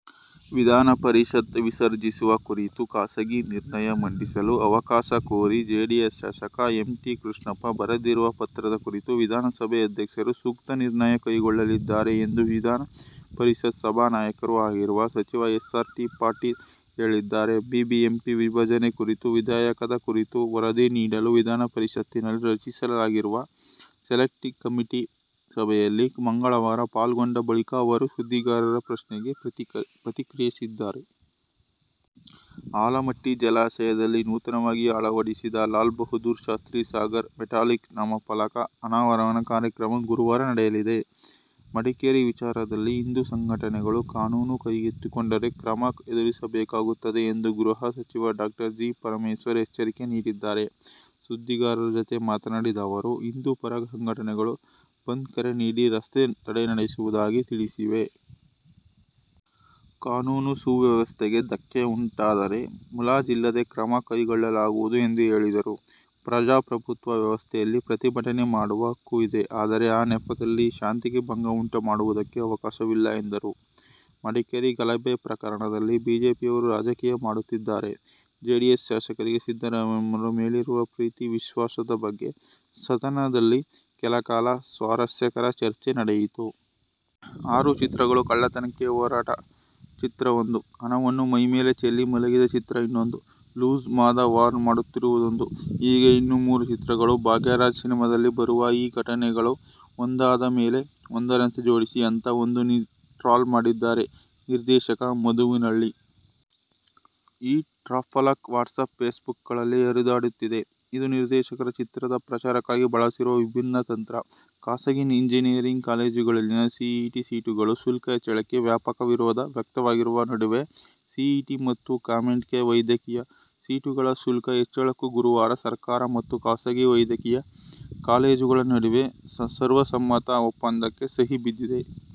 ವಿಧಾನ ಪರಿಷತ್ ವಿಸರ್ಜಿಸುವ ಕುರಿತು ಖಾಸಗಿ ನಿರ್ಣಯ ಮಂಡಿಸಲು ಅವಕಾಶ ಕೋರಿ ಜೆಡಿಎಸ್ ಶಾಸಕ ಎಂ. ಟಿ. ಕೃಷ್ಣಪ್ಪ ಬರೆದಿರುವ ಪತ್ರದ ಕುರಿತು ವಿಧಾನಸಭೆ ಅಧ್ಯಕ್ಷರು ಸೂಕ್ತ ನಿರ್ಣಯ ಕೈಗೊಳ್ಳಲಿದ್ದಾರೆ ಎಂದು ವಿಧಾನ ಪರಿಷತ್ ಸಭಾನಾಯಕರೂ ಆಗಿರುವ ಸಚಿವ ಎಸ್. ಆರ್. ಪಾಟೀಲ್ ಹೇಳಿದ್ದಾರೆ. ಬಿಬಿಎಂಪಿ ವಿಭಜನೆ ಕುರಿತ ವಿಧೇಯಕದ ಕುರಿತು ವರದಿ ನೀಡಲು ವಿಧಾನ ಪರಿಷತ್ತಿನಲ್ಲಿ ರಚಿಸಲಾಗಿರುವ ಸೆಲೆಕ್ಟ್ ಕಮಿಟಿ ಸಭೆಯಲ್ಲಿ ಮಂಗಳವಾರ ಪಾಲ್ಗೊಂಡ ಬಳಿಕ ಅವರು ಸುದ್ದಿಗಾರರ ಪ್ರಶ್ನೆಗೆ ಪ್ರತಿಕ್ರಿಯಿಸಿದರು. ಆಲಮಟ್ಟಿ ಜಲಾಶಯದಲ್ಲಿ ನೂತನವಾಗಿ ಅಳವಡಿಸಿದ "ಲಾಲ್ ಬಹದ್ದೂರ್ ಶಾಸ್ತ್ರೀ ಸಾಗರ' ಮೆಟ್ಯಾಲಿಕ್ ನಾಮಫಲಕ ಅನಾವರಣ ಕಾರ್ಯಕ್ರಮ ಗುರುವಾರ ನಡೆಯಲಿದೆ. ಮಡಿಕೇರಿ ವಿಚಾರದಲ್ಲಿ ಹಿಂದೂ ಸಂಘಟನೆಗಳು ಕಾನೂನು ಕೈಗೆತ್ತಿಕೊಂಡರೆ ಕ್ರಮ ಎದುರಿಸಬೇಕಾಗುತ್ತದೆ ಎಂದು ಗೃಹ ಸಚಿವ ಡಾ ಜಿ. ಪರಮೇಶ್ವರ್ ಎಚ್ಚರಿಕೆ ನೀಡಿದ್ದಾರೆ. ಸುದ್ದಿಗಾರರ ಜತೆ ಮಾತನಾಡಿದ ಅವರು, ಹಿಂದೂ ಪರ ಸಂಘಟನೆಗಳು ಬಂದ್ ಕರೆ ನೀಡಿ, ರಸ್ತೆ ತಡೆ ನಡೆಸುವುದಾಗಿ ತಿಳಿಸಿವೆ. ಕಾನೂನುಸುವ್ಯವಸ್ಥೆಗೆ ಧಕ್ಕೆ ಉಂಟಾದರೆ ಮುಲಾಜಿಲ್ಲದೆ ಕ್ರಮ ಕೈಗೊಳ್ಳಲಾಗುವುದು ಎಂದು ಹೇಳಿದರು. ಪ್ರಜಾಪ್ರಭುತ್ವ ವ್ಯವಸ್ಥೆಯಲ್ಲಿ ಪ್ರತಿಭಟನೆ ಮಾಡುವ ಹಕ್ಕು ಇದೆ. ಆದರೆ, ಆ ನೆಪದಲ್ಲಿ ಶಾಂತಿಗೆ ಭಂಗ ಉಂಟು ಮಾಡುವುದಕ್ಕೆ ಅವಕಾಶವಿಲ್ಲ ಎಂದರು. ಮಡಿಕೇರಿ ಗಲಭೆ ಪ್ರಕರಣದಲ್ಲಿ ಬಿಜೆಪಿಯವರು ರಾಜಕೀಯ ಮಾಡುತ್ತಿದ್ದಾರೆ. ಜೆಡಿಎಸ್ ಶಾಸಕರಿಗೆ ಸಿದ್ದರಾಮಯ್ಯನವರ ಮೇಲಿರುವ ಪ್ರೀತಿ-ವಿಶ್ವಾಸದ ಬಗ್ಗೆ ಸದನದಲ್ಲಿ ಕೆಲಕಾಲ ಸ್ವಾರಸ್ಯಕರ ಚರ್ಚೆ ನಡೆಯಿತು. ಆರು ಚಿತ್ರಗಳು. ಕಳ್ಳತನಕ್ಕೆ ಹೊರಟ ಚಿತ್ರವೊಂದು. ಹಣವನ್ನು ಮೈಮೇಲೆ ಚೆಲ್ಲಿ ಮಲಗಿದ ಚಿತ್ರ ಇನ್ನೊಂದು. ಲೂಸ್ ಮಾದ ವಾರ್ನ್ ಮಾಡುತ್ತಿರುವುದೊಂದು. ಹೀಗೇ ಇನ್ನೂ ಮೂರು ಚಿತ್ರಗಳು. "ಭಾಗ್ಯರಾಜ್' ಸಿನಿಮಾದಲ್ಲಿ ಬರುವ ಈ ಘಟನೆಗಳನ್ನು ಒಂದಾದಮೇಲೆ ಒಂದರಂತೆ ಜೋಡಿಸಿ ಅಂತ ಒಂದು ಟ್ರಾಲ್ ಮಾಡಿದ್ದಾರೆ ನಿರ್ದೇಶಕ ಮಧುವನಹಳ್ಳಿ. ಈ ಟ್ರಾಲ್ಫಲಕ ವಾಟ್ಸಪ್, ಫೇಸ್ಬುಕ್ಗಳಲ್ಲಿ ಹರಿದಾಡುತ್ತಿದೆ. ಇದು ನಿರ್ದೇಶಕರು ಚಿತ್ರದ ಪ್ರಚಾರಕ್ಕೆ ಬಳಸಿರುವ ವಿಭಿನ್ನ ತಂತ್ರ. ಖಾಸಗಿ ಇಂಜಿನಿಯರಿಂಗ್ ಕಾಲೇಜುಗಳಲ್ಲಿನ ಸಿಇಟಿ ಸೀಟುಗಳ ಶುಲ್ಕ ಹೆಚ್ಚಳಕ್ಕೆ ವ್ಯಾಪಕ ವಿರೋಧ ವ್ಯಕ್ತವಾಗಿರುವ ನಡುವೆಯೇ ಸಿಇಟಿ ಮತ್ತು ಕಾಮೆಡ್-ಕೆ ವೈದ್ಯಕೀಯ ಸೀಟುಗಳ ಶುಲ್ಕ ಹೆಚ್ಚಳಕ್ಕೂ ಗುರುವಾರ ಸರ್ಕಾರ ಮತ್ತು ಖಾಸಗಿ ವೈದ್ಯಕೀಯ ಕಾಲೇಜುಗಳ ನಡುವೆ ಸರ್ವಸಮ್ಮತ ಒಪ್ಪಂದಕ್ಕೆ ಸಹಿ ಬಿದ್ದಿದೆ.